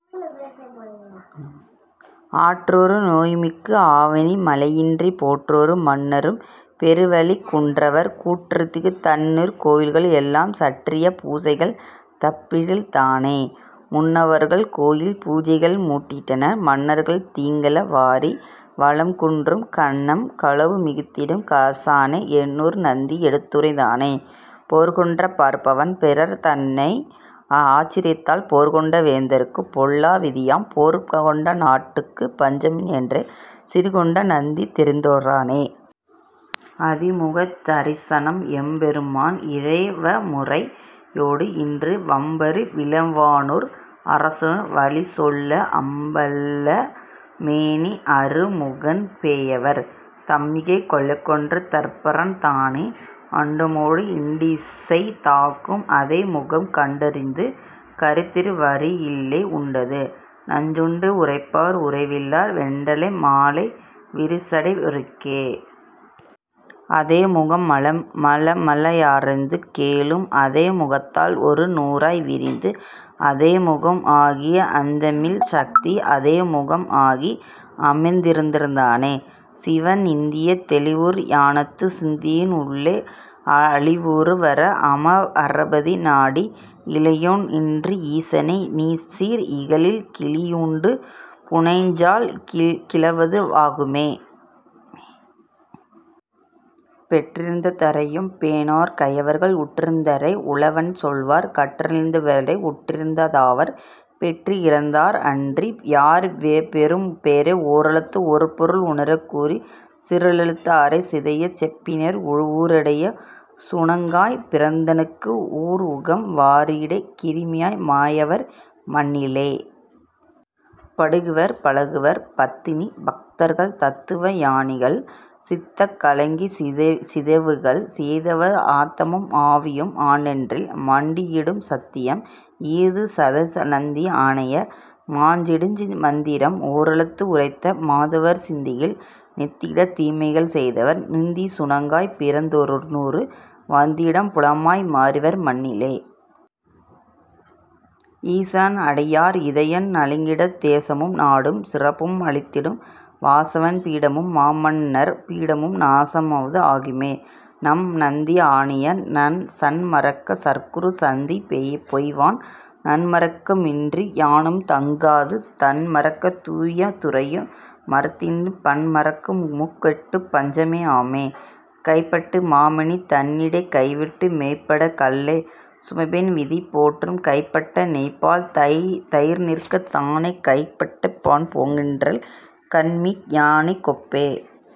ஆற்றரு நோய்மிக்கு அவனி மழையின்றிப் போற்றரு மன்னரும் போர்வலி குன்றுவர் கூற்றுதைத் தான்திருக் கோயில்கள் எல்லாம் சாற்றிய பூசைகள் தப்பிடில் தானே. முன்னவ னார்கோயில் பூசைகள் முட்டிடின் மன்னர்க்குத் தீங்குள.. வாரி வளம்குன்றும் கன்னம் களவு மிகுத்திடும் காசன என்னரு நந்தி எடுத்துரைத் தானே. பேர்கொண்ட பார்ப்பான் பிரான்தன்னை அர்ச்சித்தால் போர்கொண்ட வேந்தர்க்குப் பொல்லா வியாதியாம் பார்கொண்ட நாட்டுக்குப் பஞ்சமு மாம்என்றே சிர்க்கொண்ட நந்தி தொந்துரைத் தானே... அதோமுக தெரிசனம் எம்பெரு மான்இறை வமுறை யோஎன்று வம்பவிழ் வானோர் அசுரன் வலிசொல்ல அம்பவள மேனி அறுமுகன் போயவர் தம்பகை கொல்லென்ற தற்பரன் தானே. அண்டமொடு எண்டிசை தாங்கும் அதோமுகம் கண்டங் கறுத்த கருத்தறி வாரில்லை உண்டது நஞ்சென்று உரைப்பர் உணர்விலோர் வெண்டலை மாலை விரிசடை யோற்கே. அதோமுகம் மலமல ராயது கேளும் அதோமுகத் தால் ஒரு நூறாய் விரிந்து அதோமுகம் ஆகிய அந்தமில் சத்தி அதோமுகம் ஆகி அமர்ந்திருந் தானே... சிவ நிந்தை... தெளிவுறு ஞானத்துச் சிந்தையின் உள்ளே அளிவுறு வார்அம ராபதி நாடி எளியனென்று ஈசனை நீசர் இகழில் கிளியொன்று பூஞையால் கீழது வாகுமே. பெற்றிருந் தரையும் பேணார் கயவர்கள் உற்றிருந் தாரை உளைவன சொல்லுவர் கற்றிருந் தார்வழி உற்றிருந் தாரவர் பெற்றிருந் தார்அன்றி யார்பெறும் பேறே. ஓரெழுத்து ஒருபொருள் உணரக் கூறிய சிரெழுத் தாளரைச் சிதையச் செப்பினோர் ஊரிடைச் சுணங்கனாய்ப் பிறந்தங் கு ஓர்உகம்.. வாரிடைக் கிருமியாய்.. மாய்வர் மண்ணிலே.. படிகுவர், பழகுவர். பத்தினி பத்தர்கள் தத்துவ ஞானிகள் சித்தங் கலங்கச் சிதைவுகள் செய்தவர் ஆத்தமும் ஆவியும் ஆண்டொன்றில்.. மாண்டிடும் சத்தியம்.. ஈது சதாநந்தி ஆணையே.. மாய்ந்திடுஞ். மந்திரம் ஓரெழுத்து உரைத்த மாதவர் சிந்தையில் நொந்திடத் தீமைகள் செய்தவர் நுந்திய சுணங்கனாய்ப் பிறந்து நூறுரு வந்திடும் புலையராய் மாய்வர் மண்ணிலே. ஈசன் அடியார் இதயம் கலங்கிடத் தேசமும் நாடும் சிறப்பும் அழிந்திடும் வாசவன் பீடமும் மாமன்னர் பீடமும் நாசமது ஆகுமே நம்நந்தி ஆணையே. சன்மர்க்க சற்குருச் சந்நிதி பொய்வான் நன்மார்க்க மும்குன்றி ஞானமும் தங்காது தொன்மார்க்க மாய துறையும் மறந்திட்டுப் பன்மார்க்க மும்கெட்டுப் பஞ்சமும் ஆமே. கைப்பட்ட மாமணி தானிடை கைவிட்டு மெய்ப்பட்ட கல்லைச் சுமப்போன் விதிபோன்றும் கைப்பட்ட நெய்பால் தயிர்நிற்கத் தானறக் கைப்பிட்டுண் பான்போன்றுங் கன்மிஞானிக் கொப்பே...